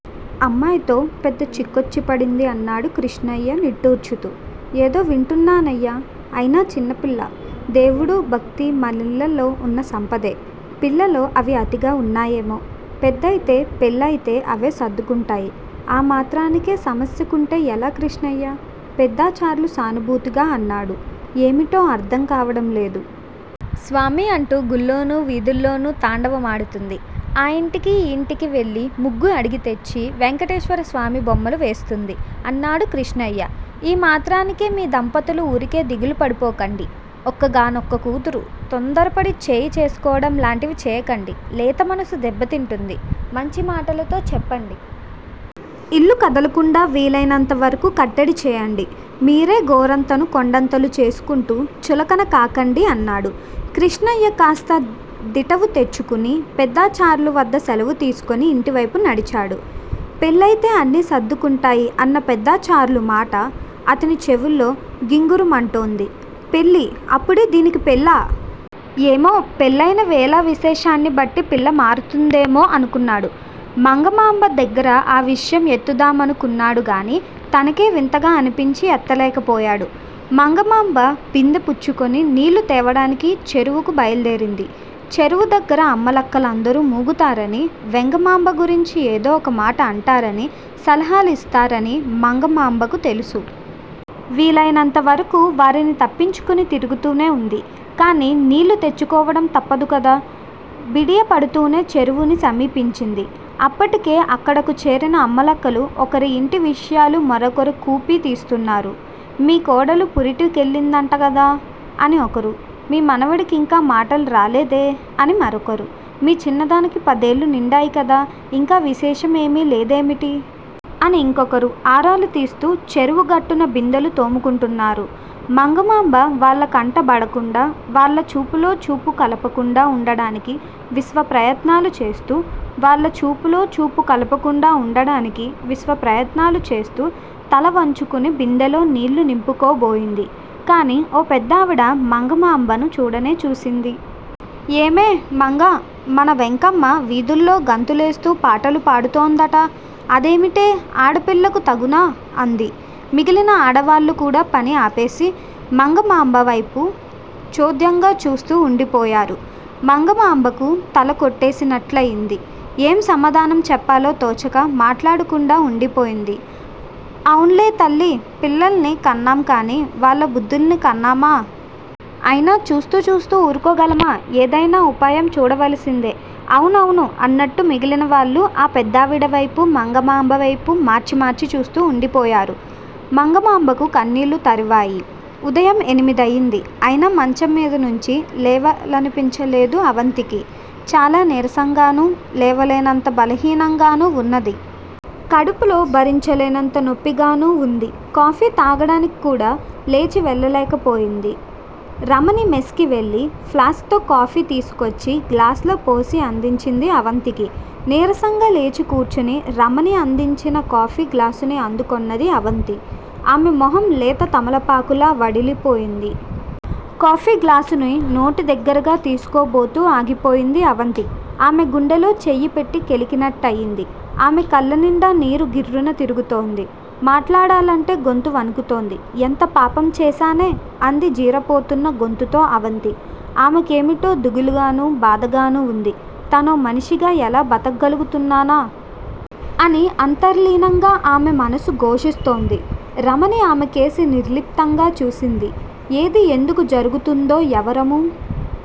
అమ్మాయితో పెద్ద చిక్కొచ్చి పడింది అన్నాడు కృష్ణయ్య నిట్టూర్చుతూ. ఏదో వింటున్నానయ్యా. అయినా చిన్నపిల్ల. దేవుడూ, భక్తీ మనిళ్ళల్లో ఉన్న సంపదే. పిల్లలో అవి అతిగా ఉన్నాయేమో. పెద్దయితే, పెళ్ళయితే అవే సర్దుకుంటాయి. ఆమాత్రానికే సమస్యకుంటే ఎలా కృష్ణయ్య? పెద్దాచార్లు సానుభూతిగా అన్నాడు. ఏమిటో అర్థం కావడం లేదు. స్వామి అంటూ గుళ్ళోనూ, వీథుల్లోనూ తాండవమాడుతుంది. ఆ ఇంటికీ ఈ ఇంటికీ వెళ్ళి ముగ్గు అడిగితెచ్చి వెంకటేశ్వరస్వామి బొమ్మలు వేస్తుంది అన్నాడు కృష్ణయ్య. ఈ మాత్రానికే మీ దంపతులు ఊరికే దిగులుపడిపోకండి. ఒక్కగానొక్క కూతురు తొందరపడి చేయి చేసుకోవడం లాంటివి చేయకండి. లేతమనసు దెబ్బతింటుంది. మంచి మాటలతో చెప్పండి. ఇల్లు కదలకుండా వీలైనంతవరకు కట్టడి చేయండి. మీరే గోరంతను కొండంతలు చేసుకుంటూ చులకనకాకండి అన్నాడు. కృష్ణయ్య కాస్త దిటవు తెచ్చుకుని పెద్దాచార్లు వద్ద సెలవు తీసుకుని ఇంటివైపు నడిచాడు. పెళ్ళయితే అన్నీ సర్దుకుంటాయి అన్న పెద్దాచార్లు మాట అతని చెవుల్లో గింగురుమంటోంది. పెళ్ళి! అప్పుడే దీనికి పెళ్ళా? ఏమో! పెళ్ళయిన వేళావిశేషాన్ని బట్టి పిల్ల మారుతుందేమో అనుకున్నాడు. మంగమాంబ దగ్గర ఆ విషయం ఎత్తుదామను కున్నాడు గానీ, తనకే వింతగా అనిపించి ఎత్తలేకపోయాడు. మంగమాంబ బిందె పుచ్చుకొని నీళ్ళు తేవడానికి చెరువుకు బయలు దేరింది. చెరువు దగ్గర అమ్మలక్కలందరూ మూగుతారనీ, వెంగమాంబ గురించి ఏదో ఒక మాట అంటారనీ, సలహాలు ఇస్తారనీ మంగమాంబకు తెలుసు. వీలయినంతవరకు వారిని తప్పించుకుని తిరుగుతూనే ఉంది. కానీ నీళ్ళు తెచ్చుకోవడం తప్పదుకదా! బిడియపడుతూనే చెరువుని సమీపించింది. అప్పటికే అక్కడకు చేరిన అమ్మలక్కలు ఒకరి ఇంటి విషయాలు మరొకరు కూపీ తీస్తున్నారు. మీ కోడలు పురిటి కెళ్ళిందటకదా? అని ఒకరు, మీ మనవడి కింకా మాటలురాలేదే? అని మరొకరు, మీ చిన్నదానికి పదేళ్ళు నిండాయి కదా, ఇంకా విశేషమేమీ లేదేమిటి? అని ఇంకొకరు ఆరాలు తీస్తూ, చెరువు గట్టున బిందెలు తోముకుంటున్నారు. మంగమాంబ వాళ్ళ కంట బడకుండా, వాళ్ళ చూపులో చూపు కలపకుండా ఉండడానికి విశ్వప్రయత్నాలు చేస్తూ, వాళ్ళ చూపులో చూపు కలపకుండా ఉండడానికి విశ్వప్రయత్నాలు చేస్తూ, తలవంచుకుని బిందెలో నీళ్ళు నింపుకోబోయింది. కానీ, ఓ పెద్దావిడ మంగమాంబను చూడనే చూసింది. ఏమే, మంగా, మన వెంకమ్మ వీథుల్లో గంతులేస్తూ పాటలు పాడు తోందట. అదేమిటే, ఆడపిల్లకు తగునా? అంది. మిగిలిన ఆడవాళ్ళు కూడా పని ఆపేసి, మంగమాంబవైపు చోద్యంగా చూస్తూ ఉండిపోయారు. మంగమాంబకు తలకొట్టేసినట్లయింది. ఏం సమాధానం చెప్పాలో తోచక మాట్లాడకుండా ఉండిపోయింది. అవున్లే తల్లీ, పిల్లల్ని కన్నాంకానీ, వాళ్ళ బుద్ధుల్ని కన్నామా? అయినా చూస్తూ చూస్తూ ఊరుకోగలమా! ఏదైనా ఉపాయం చూడవలసిందె అవునవును అన్నట్టు మిగిలిన వాళ్ళు ఆ పెద్దావిడవైపు, మంగమాంబవైపు మార్చి మార్చి చూస్తూ ఉండిపోయారు. మంగమాంబకు కన్నీళ్ళు తరువాయి। ఉదయం ఎనిమిదయింది. అయినా మంచంమీద నించి లేవాలనిపించలేదు అవంతికి. చాలా నీరసంగానూ, లేవలేనంత బలహీనంగానూ వున్నది. కడుపులో భరించలేనంత నొప్పిగానూ వుంది. కాఫీ తాగడానికి కూడా లేచి వెళ్ళలేకపోయింది. రమణి మెస్ కి వెళ్ళి ప్లాస్క్ తో కాఫీ తీసుకొచ్చి గ్లాసులో పోసి అందించింది అవంతికి. నీరసంగా లేచి కూర్చుని రమణి అందించిన కాఫీ గ్లాసుని అందుకొన్నది అవంతి. ఆమె మొహం లేత తమలపాకులా వడిలిపోయింది. కాఫీ గ్లాసుని నోటి దగ్గరగా తీసుకోబోతూ ఆగిపోయింది అవంతి. ఆమె గుండెలో చెయ్యి పెట్టి కెలికినట్టయింది. ఆమె కళ్ళనిండా నీరు గిర్రున తిరుగుతోంది. మాట్లాడాలంటే గొంతు వణుకుతోంది. ఎంత పాపం చేశానే! అంది జీరపోతున్న గొంతుతో అవంతి. ఆమెకేమిటో దిగాలుగానూ, బాధగానూ వుంది. తనో మనిషిగా ఎలా బతగ్గలుగుతున్నానా! అని అంతర్లీనంగా ఆమె మనసు ఘోషిస్తోంది. రమణి ఆమెకేసి నిర్లిప్తంగా చూసింది. ఏది ఎందుకు జరుగుతుందో ఎవరమూ